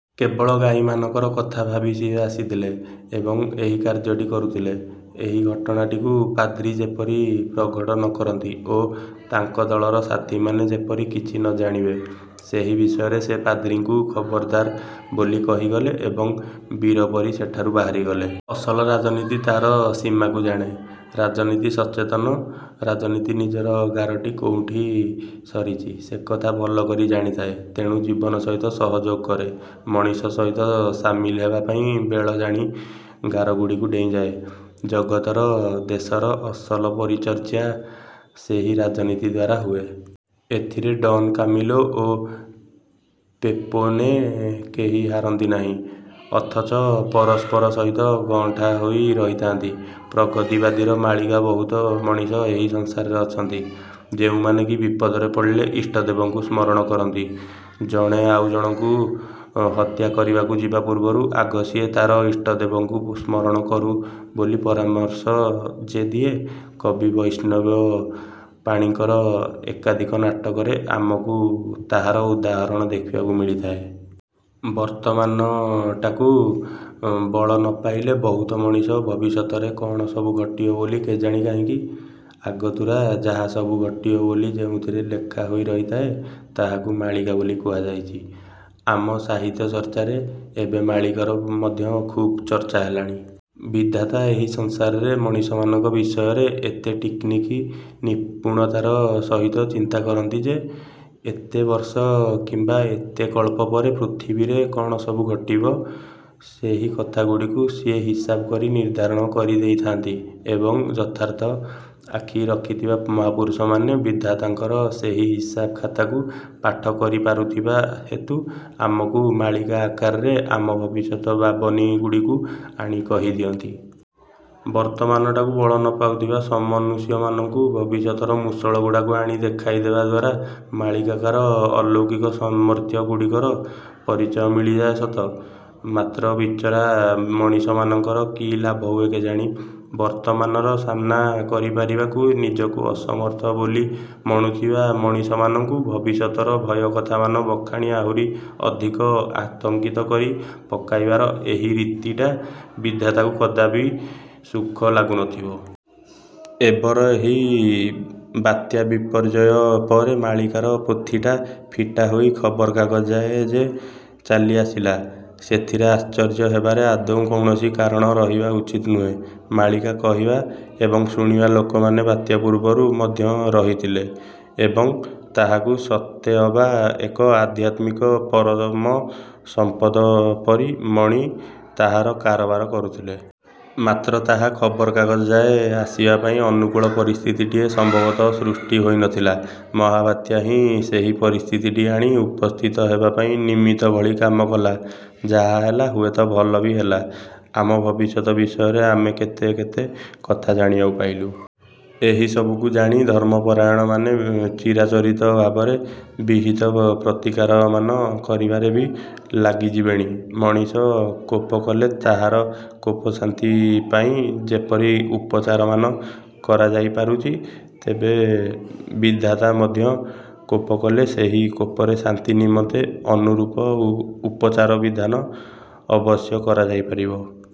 କେବଳ ଗାଈମାନଙ୍କର କଥା ଭାବି ସିଏ ଆସିଥିଲେ ଏବଂ ଏହି କାର୍ଯ୍ୟଟି କରୁଥିଲେ। ଏହି ଘଟଣାଟିକୁ ପାଦ୍ରୀ ଯେପରି ପ୍ରଘଟ ନକରନ୍ତି ଓ ତାଙ୍କ ଦଳର ସାଥୀମାନେ ଯେପରି କିଛି ନଜାଣିବେ, ସେହି ବିଷୟରେ ସେ ପାଦ୍ରୀଙ୍କୁ ଖବରଦାର ବୋଲି କହିଗଲେ ଏବଂ ବୀର ପରି ସେଠାରୁ ବାହାରିଗଲେ। ଅସଲ ରାଜନୀତି ତାର ସୀମାକୁ ଜାଣେ। ରାଜନୀତି, ସଚେତନ ରାଜନୀତି ନିଜର ଗାରଟି କୋଉଠି ସରିଛି, ସେକଥା ଭଲକରି ଜାଣିଥାଏ ତେଣୁ ଜୀବନ ସହିତ ସହଯୋଗ କରେ, ମଣିଷ ସହିତ ସାମିଲ ହେବା ପାଇଁ ବେଳ ଜାଣି ଗାରଗୁଡ଼ିକୁ ଡ଼େଇଁଯାଏ। ଜଗତର, ଦେଶର ଅସଲ ପରିଚର୍ଯ୍ୟା ସେହି ରାଜନୀତି ଦ୍ୱାରା ହୁଏ। ଏଥିରେ ଡ଼ନ୍ କାମିଲୋ ଓ ପେପୋନେ କେହି ହାରନ୍ତି ନାହିଁ। ଅଥଚ ପରସ୍ପର ସହିତ ଗଅଁଠା ହୋଇ ରହିଥାନ୍ତି। ପ୍ରଗତିବାଦୀର ମାଳିକା ବହୁତ ମଣିଷ ଏହି ସଂସାରରେ ଅଛନ୍ତି, ଯେଉଁମାନେ କି ବିପଦରେ ପଡ଼ିଲେ ଇଷ୍ଟଦେବଙ୍କୁ ସ୍ମରଣ କରନ୍ତି। ଜଣେ ଆଉଜଣକୁ ହତ୍ୟା କରିବାକୁ ଯିବା ପୂର୍ବରୁ ଆଗ ସିଏ ତା'ର ଇଷ୍ଟଦେବଙ୍କୁ ସ୍ମରଣ କରୁ ବୋଲି ପରାମର୍ଶ ଯେ ଦିଏ, କବି ବୈଷ୍ଣବ ପାଣିଙ୍କର ଏକାଧିକ ନାଟକରେ ଆମକୁ ତାହାର ଉଦାହରଣ ଦେଖିବାକୁ ମିଳିଥାଏ। ବର୍ତ୍ତମାନଟାକୁ ବଳ ନପାଇଲେ ବହୁତ ମଣିଷ ଭବିଷ୍ୟତରେ କ'ଣ ସବୁ ଘଟିବ ବୋଲି କେଜାଣି କାହିଁକି? ଆଗତୁରା ଯାହାସବୁ ଘଟିବ ବୋଲି ଯେଉଁଥିରେ ଲେଖା ହୋଇ ରହିଥାଏ, ତାହାକୁ ମାଳିକା ବୋଲି କୁହାଯାଇଛି। ଆମ ସାହିତ୍ୟଚର୍ଚ୍ଚାରେ ଏବେ ମାଳିକାର ମଧ୍ୟ ଖୁବ୍ ଚର୍ଚ୍ଚା ହେଲାଣି। ବିଧାତା ଏହି ସଂସାରରେ ମଣିଷମାନଙ୍କ ବିଷୟରେ ଏତେ ଟିକିନିଖି ନିପୁଣତାର ସହିତ ଚିନ୍ତା କରନ୍ତି ଯେ, ଏତେ ବର୍ଷ କିମ୍ବା ଏତେ କଳ୍ପ ପରେ ପୃଥିବୀରେ କ'ଣ ସବୁ ଘଟିବ, ସେହି କଥାଗୁଡ଼ିକୁ ସିଏ ହିସାବ କରି ନିର୍ଦ୍ଧାରଣ କରି ଦେଇଥାନ୍ତି ଏବଂ ଯଥାର୍ଥ ଆଖି ରହିଥିବା ମହାପୁରୁଷମାନେ ବିଧାତାଙ୍କର ସେହି ହିସାବଖାତାକୁ ପାଠ କରିପାରୁଥିବା ହେତୁ ଆମକୁ ମାଳିକା ଆକାରରେ ଆମ ଭବିଷ୍ୟତ ବାବନିଗୁଡ଼ିକୁ ଆଣି କହିଦିଅନ୍ତି। ବର୍ତ୍ତମାନଟାକୁ ବଳ ନପାଉଥିବା ସମନୁଷ୍ୟମାନଙ୍କୁ ଭବିଷ୍ୟତର ମୂଷଳଗୁଡ଼ାକୁ ଆଣି ଦେଖାଇଦେବା ଦ୍ୱାରା ମାଳିକାକାର ଅଲୌକିକ ସାମର୍ଥ୍ୟଗୁଡ଼ିକର ପରିଚୟ ମିଳିଯାଏ ସତ ମାତ୍ର ବିଚରା ମଣିଷମାନଙ୍କର କି ଲାଭ ହୁଏ କେଜାଣି? ବର୍ତ୍ତମାନର ସାମ୍ନା କରିପାରିବାକୁ ନିଜକୁ ଅସମର୍ଥ ବୋଲି ମଣୁଥିବା ମଣିଷମାନଙ୍କୁ ଭବିଷ୍ୟତର ଭୟକଥାମାନ ବଖାଣି ଆହୁରି ଅଧିକ ଆତଙ୍କିତ କରି ପକାଇବାର ଏହି ରୀତିଟା ବିଧାତାକୁ କଦାପି ସୁଖ ଲାଗୁନଥିବ। ଏବର ଏହି ବାତ୍ୟାବିପର୍ଯ୍ୟୟ ପରେ ମାଳିକାର ପୋଥିଟା ଫିଟା ହୋଇ ଖବରକାଗଜ ଯାଏ ଯେ ଚାଲିଆସିଲା, ସେଥିରେ ଆଶ୍ଚର୍ଯ୍ୟ ହେବାର ଆଦୌ କୌଣସି କାରଣ ରହିବା ଉଚିତ ନୁହେଁ। ମାଳିକା କହିବା ଏବଂ ଶୁଣିବା ଲୋକମାନେ ବାତ୍ୟା ପୂର୍ବରୁ ମଧ୍ୟ ରହିଥିଲେ ଏବଂ ତାହାକୁ ସତେଅବା ଏକ ଆଧ୍ୟାତ୍ମିକ ପରମ ସମ୍ପଦ ପରି ମଣି ତାହାର କାରବାର କରୁଥିଲେ। ମାତ୍ର ତାହା ଖବରକାଗଜ ଯାଏ ଆସିବା ପାଇଁ ଅନୁକୂଳ ପରିସ୍ଥିତିଟିଏ ସମ୍ଭବତଃ ସୃଷ୍ଟି ହୋଇନଥିଲା। ମହାବାତ୍ୟା ହିଁ ସେହି ପରିସ୍ଥିତିଟି ଆଣି ଉପସ୍ଥିତ ହେବା ପାଇଁ ନିମିତ୍ତ ଭଳି କାମ କଲା। ଯାହା ହେଲା, ହୁଏତ ଭଲ ବି ହେଲା। ଆମ ଭବିଷ୍ୟତ ବିଷୟରେ ଆମେ କେତେ କେତେ କଥା ଜାଣିବାକୁ ପାଇଲୁ। ଏହିସବୁକୁ ଜାଣି ଧର୍ମପରାୟଣମାନେ ଚିରାଚରିତ ଭାବରେ ବିହିତ ପ୍ରତିକାରମାନ କରିବାରେ ବି ଲାଗିଯିବେଣି। ମଣିଷ କୋପକଲେ ତାହାର କୋପଶାନ୍ତି ପାଇଁ ଯେପରି ଉପଚାରମାନ କରାଯାଇ ପାରୁଛି, ତେବେ ବିଧାତା ମଧ୍ୟ କୋପକଲେ ସେହି କୋପରେ ଶାନ୍ତି ନିମନ୍ତେ ଅନୁରୂପ ଉପଚାରବିଧାନ ଅବଶ୍ୟ କରାଯାଇପାରିବ।